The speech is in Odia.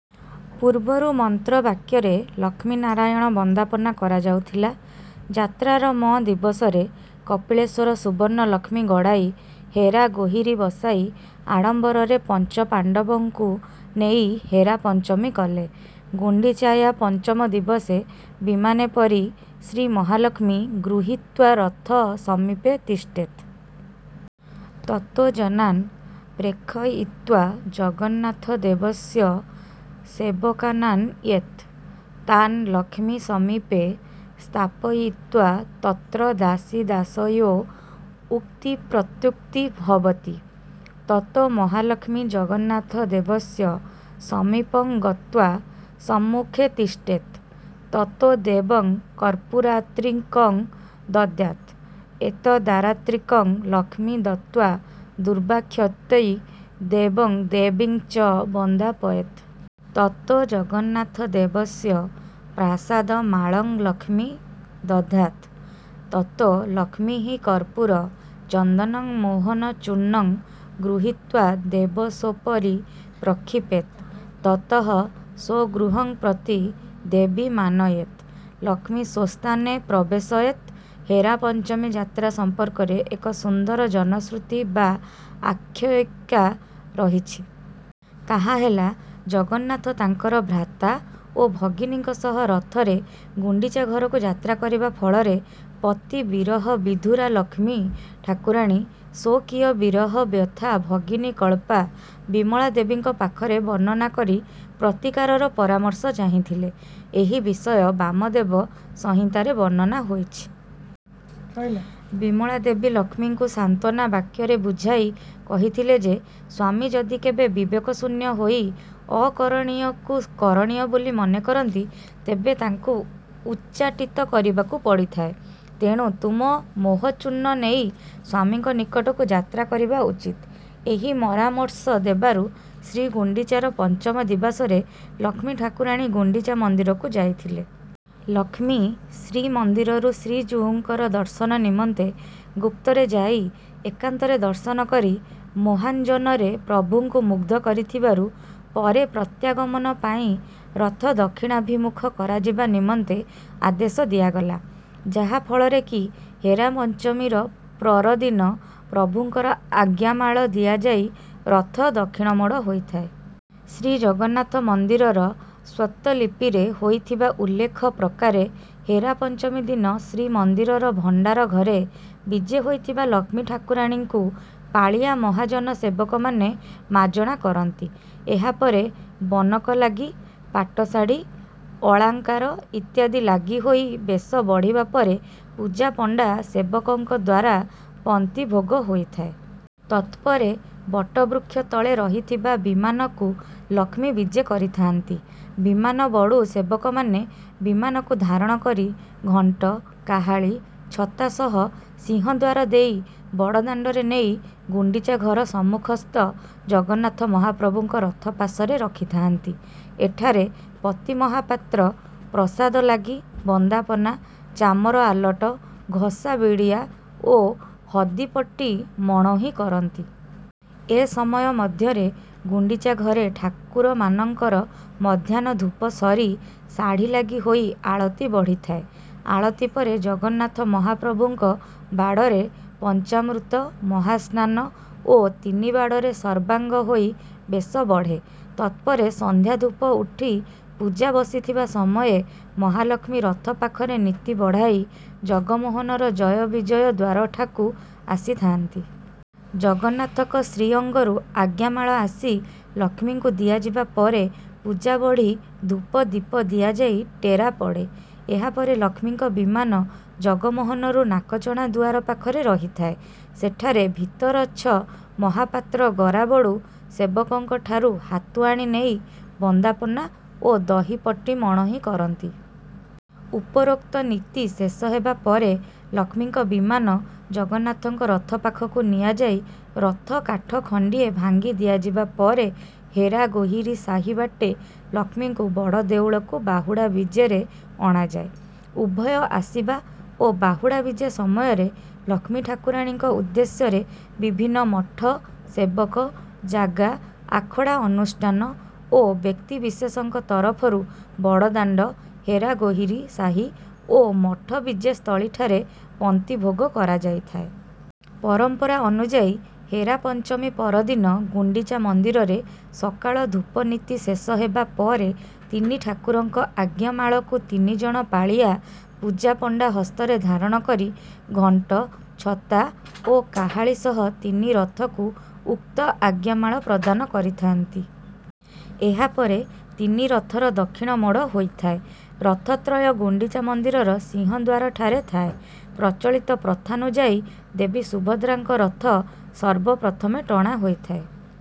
ପୂର୍ବରୁ ମନ୍ତ୍ର ବାକ୍ୟରେ ଲକ୍ଷ୍ମୀ ନାରୟଣ ବନ୍ଦାପନା କରାଯାଉଥିଲା। ଯାତ୍ରାର ମ ଦିବସରେ କପିଳେଶ୍ୱର ସୁବର୍ଣ୍ଣ ଲକ୍ଷ୍ମୀ ଗଡା଼ଇ ହେରା ଗୋହିରୀ ବସାଇ ଆଡ଼ମ୍ବରରେ ପଞ୍ଚ ପାଣ୍ଡବଙ୍କୁ ନେଇ ହେରା ପଞ୍ଚମୀ କଲେ। ଗୁଣ୍ଡିଚାୟା ପଞ୍ଚମ ଦିବସେ ବିମାନେପରି ଶ୍ରୀମହାଲକ୍ଷ୍ମୀ ଗୃହୀତ୍ୱା ରଥ ସମୀପେ ତିଷ୍ଠେତ୍। ତତୋ ଜନାନ୍ ପ୍ରେକ୍ଷୟିତ୍ୱା ଜଗନ୍ନାଥ ଦେବସ୍ୟ ସେବକାନାନ ୟେତ୍। ତାନ୍ ଲକ୍ଷ୍ମୀ ସମୀପେ ସ୍ଥାପୟିତ୍ୱା ତତ୍ର ଦାସୀଦାସୟୋ ଉକ୍ତି ପ୍ରତ୍ୟୁକ୍ତି ର୍ଭବତି। ତତୋ ମହାଲକ୍ଷ୍ମୀ ଜଗନ୍ନାଥ ଦେବସ୍ୟ ସମୀପଂ ଗତ୍ୱା ସଂମୁଖେ ତିଷ୍ଠେତ୍। ତତୋ ଦେବଂ କର୍ପୂରାତ୍ରିକଂ ଦଦ୍ୟାତ୍। ଏତଦାରାତ୍ରିକଂ ଲକ୍ଷ୍ମୀ ଦତ୍ୱା ଦୁର୍ବାକ୍ଷତୈ ର୍ଦେବଂ ଦେବୀଂ ଚ ବନ୍ଦାପୟେତ୍। ତତୋ ଜଗନ୍ନାଥ ଦେବସ୍ୟ ପ୍ରାସାଦ ମାଳଂ ଲକ୍ଷ୍ମୀ ଦଧ୍ୟାତ୍। ତତୋ ଲକ୍ଷ୍ମୀଃ କର୍ପୂର, ଚନ୍ଦନଂ ମୋହନ ଚୂର୍ଣ୍ଣଂ ଗୃହୀତ୍ୱା ଦେବସୋପରି ପ୍ରକ୍ଷିପେତ୍। ତତଃ ସ୍ୱଗୃହଂ ପ୍ରତି ଦେବୀ ମାନୟେତ୍। ଲକ୍ଷ୍ମୀ ସ୍ୱସ୍ଥାନେ ପ୍ରବେଶୟେତ୍। ହେରା ପଞ୍ଚମୀ ଯାତ୍ରା ସମ୍ପର୍କରେ ଏକ ସୁନ୍ଦର ଜନଶୃତି ବା ଆଖ୍ୟୟିକା ରହିଛି। ତାହା ହେଲା, ଜଗନ୍ନାଥ ତାଙ୍କର ଭ୍ରାତା ଓ ଭଗିନୀଙ୍କ ସହ ରଥରେ ଗୁଣ୍ଡିଚା ଘରକୁ ଯାତ୍ରା କରିବା ଫଳରେ ପତି ବିରହ ବିଧୁରା ଲକ୍ଷ୍ମୀ ଠାକୁରାଣୀ ସ୍ୱକୀୟ ବିରହ ବ୍ୟଥା ଭଗିନୀକଳ୍ପା ବିମଳାଦେବୀଙ୍କ ପାଖରେ ବର୍ଣ୍ଣନା କରି ପ୍ରତିକାରର ପରାମର୍ଶ ଚାହିଁଥିଲେ। ଏହି ବିଷୟ ବାମଦେବ ସଂହିତାରେ ବର୍ଣ୍ଣନା ହୋଇଛି। ବିମଳାଦେବୀ ଲକ୍ଷ୍ମୀଙ୍କୁ ସାନ୍ତ୍ୱାନା ବାକ୍ୟରେ ବୁଝାଇ କହିଥିଲେ ଯେ, ସ୍ୱାମୀ ଯଦି କେବେ ବିବେକ ଶୂନ୍ୟ ହୋଇ ଅକରଣୀୟକୁ କରଣୀୟ ବୋଲି ମନେ କରନ୍ତି, ତେବେ ତାଙ୍କୁ ଉଚ୍ଚାଟିତ କରିବାକୁ ପଡିଥାଏ। ତେଣୁ ତୁମ ମୋହଚୂର୍ଣ୍ଣ ନେଇ ସ୍ୱାମୀଙ୍କ ନିକଟକୁ ଯାତ୍ରା କରିବା ଉଚିତ୍। ଏହି ମରାମର୍ଶ ଦେବାରୁ ଶ୍ରୀଗୁଣ୍ଡିଚାର ପଞ୍ଚମ ଦିବସରେ ଲକ୍ଷ୍ମୀ ଠାକୁରାଣୀ ଗୁଣ୍ଡିଚା ମନ୍ଦିରକୁ ଯାଇଥିଲେ। ଲକ୍ଷ୍ମୀ ଶ୍ରୀମନ୍ଦିରରୁ ଶ୍ରୀଜୀଉଙ୍କର ଦର୍ଶନ ନିମନ୍ତେ ଗୁପ୍ତରେ ଯାଇ ଏକାନ୍ତରେ ଦର୍ଶନ କରି ମୋହାଞ୍ଜନରେ ପ୍ରଭୁଙ୍କୁ ମୁଗ୍ଧ କରିଥିବାରୁ ପରେ ପ୍ରତ୍ୟାଗମନ ପାଇଁ ରଥ ଦକ୍ଷିଣାଭିମୁଖ କରାଯିବା ନିମନ୍ତେ ଆଦେଶ ଦିଆଗଲା। ଯାହା ଫଳରେ କି ହେରା ପଞ୍ଚମୀର ପ୍ରରଦିନ ପ୍ରଭୁଙ୍କର ଆଜ୍ଞାମାଳ ଦିଆଯାଇ ରଥ ଦକ୍ଷିଣମୋଡ଼ ହୋଇଥାଏ। ଶ୍ରୀଜଗନ୍ନାଥ ମନ୍ଦିରର ସ୍ୱତ୍ତ୍ୱଲିପିରେ ହୋଇଥିବା ଉଲ୍ଲେଖ ପ୍ରକାରେ ହେରା ପଞ୍ଚମୀ ଦିନ ଶ୍ରୀମନ୍ଦିରର ଭଣ୍ଡାର ଘରେ ବିଜେ ହୋଇଥିବା ଲକ୍ଷ୍ମୀ ଠାକୁରାଣୀଙ୍କୁ ପାଳିଆ ମହାଜନ ସେବକମାନେ ମାଜଣା କରନ୍ତି। ଏହା ପରେ ବନକ ଲାଗି, ପାଟ ଶାଢ଼ୀ଼, ଅଳାଙ୍କାର ଇତ୍ୟାଦି ଲାଗି ହୋଇ ବେଶ ବଢ଼ିବା ପରେ ପୂଜାପଣ୍ଡା ସେବକଙ୍କଦ୍ୱାରା ପନ୍ତି ଭୋଗ ହୋଇଥାଏ। ତତ୍ପରେ ବଟବୃକ୍ଷ ତଳେ ରହିଥିବା ବିମାନକୁ ଲକ୍ଷ୍ମୀ ବିଜେ କରିଥାନ୍ତି। ବିମାନବଡ଼ୁ ସେବକମାନେ ବିମାନକୁ ଧାରଣ କରି ଘଣ୍ଟ, କାହାଳି, ଛତା ସହ ସିଂହଦ୍ୱାର ଦେଇ ବଡ଼ଦାଣ୍ଡରେ ନେଇ ଗୁଣ୍ଡିଚା ଘର ସମ୍ମୁଖସ୍ଥ ଜଗନ୍ନାଥ ମହାପ୍ରଭୁଙ୍କ ରଥ ପାଶରେ ରଖିଥାନ୍ତି। ଏଠାରେ ପତିମହାପାତ୍ର ପ୍ରସାଦ ଲାଗି, ବନ୍ଦାପନା, ଚାମର ଆଲଟ, ଘସା ବିଡିଆ ଓ ହଦି ପଟି ମଣୋହି କରନ୍ତି। ଏ ସମୟ ମଧ୍ୟରେ ଗୁଣ୍ଡିଚା ଘରେ ଠାକୁରମାନଙ୍କର ମଧ୍ୟାହ୍ନ ଧୂପ ସରି ଶାଢ଼ୀ଼ ଲାଗି ହୋଇ ଆଳତି ବଢ଼ିଥାଏ। ଆଳତି ପରେ ଜଗନ୍ନାଥ ମହାପ୍ରଭୁଙ୍କ ବାଡ଼ରେ ପଞ୍ଚାମୃତ ମହାସ୍ନାନ ଓ ତିନି ବାଡ଼ରେ ସର୍ବାଙ୍ଗ ହୋଇ ବେଶ ବଢେ। ତତ୍ପରେ ସନ୍ଧ୍ୟା ଧୂପ ଉଠି ପୂଜା ବସିଥିବା ସମୟେ ମହାଲକ୍ଷ୍ମୀ ରଥ ପାଖରେ ନୀତି ବଢ଼ାଇ ଜଗମୋହନର ଜୟବିଜୟ ଦ୍ୱାରଠାକୁ ଆସିଥାନ୍ତି। ଜଗନ୍ନାଥଙ୍କ ଶ୍ରୀଅଙ୍ଗରୁ ଆଜ୍ଞାମାଳ ଆସି ଲକ୍ଷ୍ମୀଙ୍କୁ ଦିଆଯିବା ପରେ ପୂଜା ବଢ଼ି ଧୂପ ଦୀପ ଦିଆଯାଇ ଟେରା ପଡେ। ଏହା ପରେ ଲକ୍ଷ୍ମୀଙ୍କ ବିମାନ ଜଗମୋହନରୁ ନାକଚଣା ଦୁଆର ପାଖରେ ରହିଥାଏ। ସେଠାରେ ଭିତରଚ୍ଛ ମହାପାତ୍ର ଗରାବଡ଼ୁ ସେବକଙ୍କଠାରୁ ହାତୁଆଣି ନେଇ ବନ୍ଦାପନା ଓ ଦହି ପଟି ମଣୋହି କରନ୍ତି। ଉପରୋକ୍ତ ନୀତି ଶେଷ ହେବାପରେ ଲକ୍ଷ୍ମୀଙ୍କ ବିମାନ ଜଗନ୍ନାଥଙ୍କ ରଥ ପାଖକୁ ନିଆଯାଇ ରଥ କାଠ ଖଣ୍ଡିଏ ଭାଙ୍ଗି ଦିଆଯିବା ପରେ ହେରା ଗୋହିରୀ ସାହି ବାଟେ ଲକ୍ଷ୍ମୀଙ୍କୁ ବଡ଼ ଦେଉଳକୁ ବାହୁଡା଼ ବିଜେରେ ଅଣାଯାଏ। ଉଭୟ ଆସିବା ଓ ବାହୁଡା଼ ବିଜେ ସମୟରେ ଲକ୍ଷ୍ମୀ ଠାକୁରାଣୀଙ୍କ ଉଦ୍ଦେଶ୍ୟରେ ବିଭିନ୍ନ ମଠ, ସେବକ, ଜାଗା, ଆଖଡା଼ ଅନୁଷ୍ଠାନ ଓ ବ୍ୟକ୍ତିବିଶେଷଙ୍କ ତରଫରୁ ବଡ଼ଦାଣ୍ଡ, ହେରାଗୋହିରୀ ସାହି ଓ ମଠ ବିଜେ ସ୍ଥଳୀଠାରେ ପନ୍ତି ଭୋଗ କରାଯାଇଥାଏ।। ପରମ୍ପରା ଅନୁଯାୟୀ ହେରା ପଞ୍ଚମୀ ପରଦିନ ଗୁଣ୍ଡିଚା ମନ୍ଦିରରେ ସକାଳ ଧୂପ ନୀତି ଶେଷ ହେବା ପରେ ତିନି ଠାକୁରଙ୍କ ଆଜ୍ଞାମାଳକୁ ତିନି ଜଣ ପାଳିଆ ପୂଜା ପଣ୍ଡା ହସ୍ତରେ ଧାରଣ କରି ଘଣ୍ଟ, ଛତା ଓ କାହଳି ସହ ତିନି ରଥକୁ ଉକ୍ତ ଆଜ୍ଞାମାଳ ପ୍ରଦାନ କରିଥାନ୍ତି। ଏହା ପରେ ତିନି ରଥର ଦକ୍ଷିଣ ମୋଡ଼ ହୋଇଥାଏ। ରଥତ୍ରୟ ଗୁଣ୍ଡିଚା ମନ୍ଦିରର ସିଂହଦ୍ୱାରଠାରେ ଥାଏ। ପ୍ରଚଳିତ ପ୍ରଥାନୁଯାୟୀ ଦେବୀ ସୁଭଦ୍ରାଙ୍କ ରଥ ସର୍ବ ପ୍ରଥମେ ଟଣା ହୋଇଥାଏ।